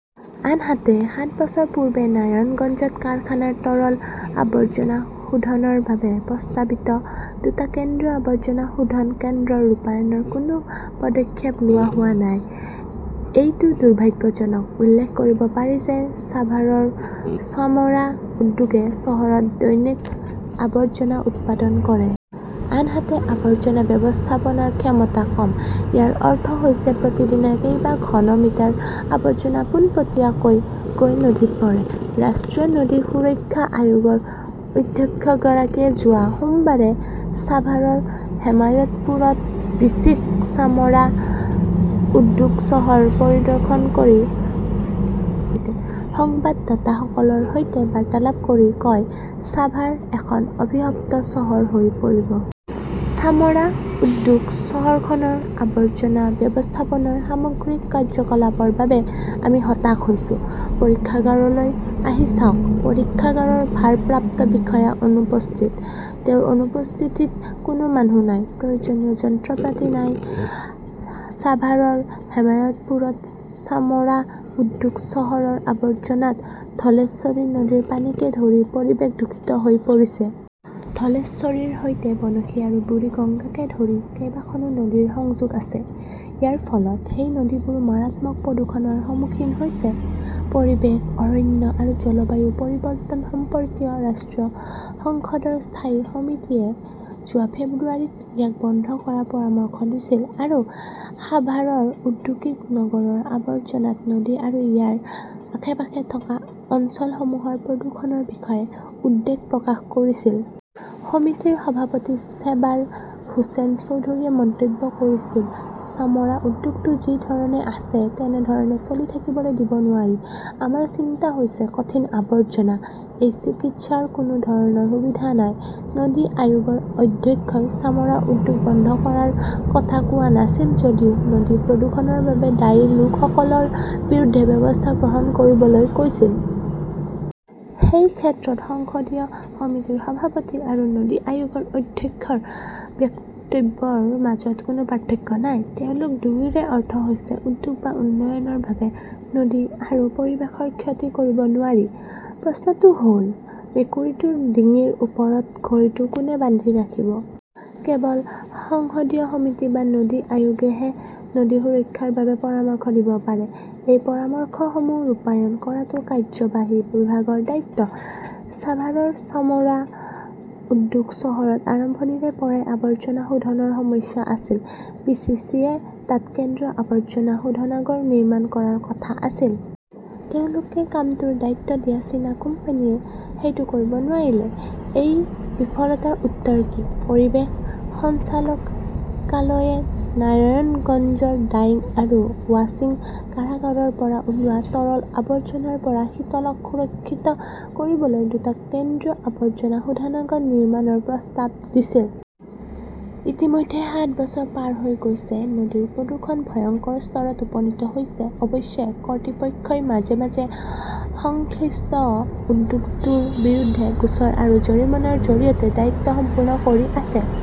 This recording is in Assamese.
আনহাতে, সাত বছৰ পূৰ্বে নাৰায়ণগঞ্জত কাৰখানাৰ তৰল আৱৰ্জনা শোধনৰ বাবে প্ৰস্তাৱিত দুটা কেন্দ্ৰীয় আৱৰ্জনা শোধন কেন্দ্ৰৰ ৰূপায়ণৰ কোনো পদক্ষেপ লোৱা হোৱা নাই। এইটো দুৰ্ভাগ্যজনক। উল্লেখ কৰিব পাৰি যে চাভাৰৰ চামৰা উদ্যোগে চহৰত দৈনিকআৱৰ্জনা উৎপাদন কৰে। আনহাতে, আৱৰ্জনা ব্যৱস্থাপনাৰ ক্ষমতা কম। ইয়াৰ অৰ্থ হৈছে প্ৰতিদিনে কেইবা ঘন মিটাৰ আৱৰ্জনা পোনপটীয়াকৈ গৈ নদীত পৰে। ৰাষ্ট্ৰীয় নদী সুৰক্ষা আয়োগৰ অধ্যক্ষগৰাকীয়ে যোৱা সোমবাৰে ছাভাৰৰ হেমায়তপুৰত বিচিক চামৰা উদ্যোগ চহৰ পৰিদৰ্শন কৰি সংবাদদাতাসকলৰ সৈতে বাৰ্তালাপ কৰি কয়, ছাভাৰ এখন অভিশপ্ত চহৰ হৈ পৰিব। চামৰা উদ্যোগ চহৰখনৰ আৱৰ্জনা ব্যৱস্থাপনাৰ সামগ্ৰিক কাৰ্যকলাপৰ বাবে আমি হতাশ হৈছো। পৰীক্ষাগাৰলৈ আহি চাওক, পৰীক্ষাগাৰৰ ভাৰপ্ৰাপ্ত বিষয়া অনুপস্থিত। তেওঁৰ অনুপস্থিতিত কোনো মানুহ নাই। প্ৰয়োজনীয় যন্ত্ৰপাতি নাই। সাভাৰৰ হেমায়তপুৰত চামৰা উদ্যোগ চহৰৰ আৱৰ্জনাত ধলেশ্বৰী নদীৰ পানীকে ধৰি পৰিৱেশ দূষিত হৈ পৰিছে। ধলেশ্বৰীৰ সৈতে বনশী আৰু বুৰিগংগাকে ধৰি কেইবাখনো নদীৰ সংযোগ আছে। ইয়াৰ ফলত সেই নদীবোৰো মাৰাত্মক প্ৰদূষণৰ সন্মুখীন হৈছে। পৰিৱেশ, অৰণ্য আৰু জলবায়ু পৰিৱৰ্তন সম্পৰ্কীয় ৰাষ্ট্ৰীয় সংসদৰ স্থায়ী সমিতিয়ে যোৱা ফেব্ৰুৱাৰীত ইয়াক বন্ধ কৰাৰ পৰামৰ্শ দিছিল আৰু সাভাৰৰ ঔদ্যোগিক নগৰৰ আৱৰ্জনাত নদী আৰু ইয়াৰ আশে-পাশে থকা অঞ্চলসমূহৰ প্ৰদূষণৰ বিষয়ে উদ্বেগ প্ৰকাশ কৰিছিল। সমিতিৰ সভাপতি চেবাৰ হোসেন চৌধুৰীয়ে মন্তব্য কৰিছিল, চামৰা উদ্যোগটো যি ধৰণে আছে তেনে ধৰণে চলি থাকিবলৈ দিব নোৱাৰি। আমাৰ চিন্তা হৈছে কঠিন আৱৰ্জনা। এই চিকিৎসাৰ কোনো ধৰণৰ সুবিধা নাই। নদী আয়োগৰ অধ্যক্ষই চামৰা উদ্যোগ বন্ধ কৰাৰ কথা কোৱা নাছিল যদিও নদী প্ৰদূষণৰ বাবে দায়ী লোকসকলৰ বিৰুদ্ধে ব্যৱস্থা গ্ৰহণ কৰিবলৈ কৈছিল। সেই ক্ষেত্ৰত সংসদীয় সমিতিৰ সভাপতি আৰু নদী আয়োগৰ অধ্যক্ষৰ বক্তব্যৰ মাজত কোনো পাৰ্থক্য নাই। তেওঁলোক দুয়োৰে অৰ্থ হৈছে উদ্যোগ বা উন্নয়নৰ বাবে নদী আৰু পৰিৱেশৰ ক্ষতি কৰিব নোৱাৰি। প্ৰশ্নটো হ'ল মেকুৰীটোৰ ডিঙিৰ ওপৰত ঘড়ীটো কোনে বান্ধি ৰাখিব? কেৱল সংসদীয় সমিতি বা নদী আয়োগেহে নদী সুৰক্ষাৰ বাবে পৰামৰ্শ দিব পাৰে। এই পৰামৰ্শসমূহ ৰূপায়ণ কৰাটো কাৰ্যবাহী বিভাগৰ দায়িত্ব। ছাভাৰৰ চামৰা উদ্যোগ চহৰত আৰম্ভণিৰে পৰাই আৱৰ্জনা শোধনৰ সমস্যা আছিল। বি. চি. চি. -য়ে তাত কেন্দ্ৰীয় আৱৰ্জনা শোধনাগাৰ নিৰ্মাণ কৰাৰ কথা আছিল। তেওঁলোকে কামটোৰ দায়িত্ব দিয়া চীনা কোম্পানীয়ে সেইটো কৰিব নোৱাৰিলে। এই বিফলতাৰ উত্তৰ কি? পৰিৱেশ সঞ্চালকালয়ে নাৰায়ণগঞ্জৰ ডাইং আৰু ৱাশ্বিং কাৰখানাৰ পৰা ওলোৱা তৰল আৱৰ্জনাৰ পৰা শীতলক সুৰক্ষিত কৰিবলৈ দুটা কেন্দ্ৰীয় আৱৰ্জনা শোধনাগাৰ নিৰ্মাণৰ প্ৰস্তাৱ দিছিল। ইতিমধ্যে সাত বছৰ পাৰ হৈ গৈছে। নদীৰ প্ৰদূষণ ভয়ংকৰ স্তৰত উপনীত হৈছে। অৱশ্যে, কৰ্তৃপক্ষই মাজে মাজে সংশ্লিষ্ট উদ্যোগটোৰ বিৰুদ্ধে গোচৰ আৰু জৰিমনাৰ জৰিয়তে দায়িত্ব সম্পূৰ্ণ কৰি আছে।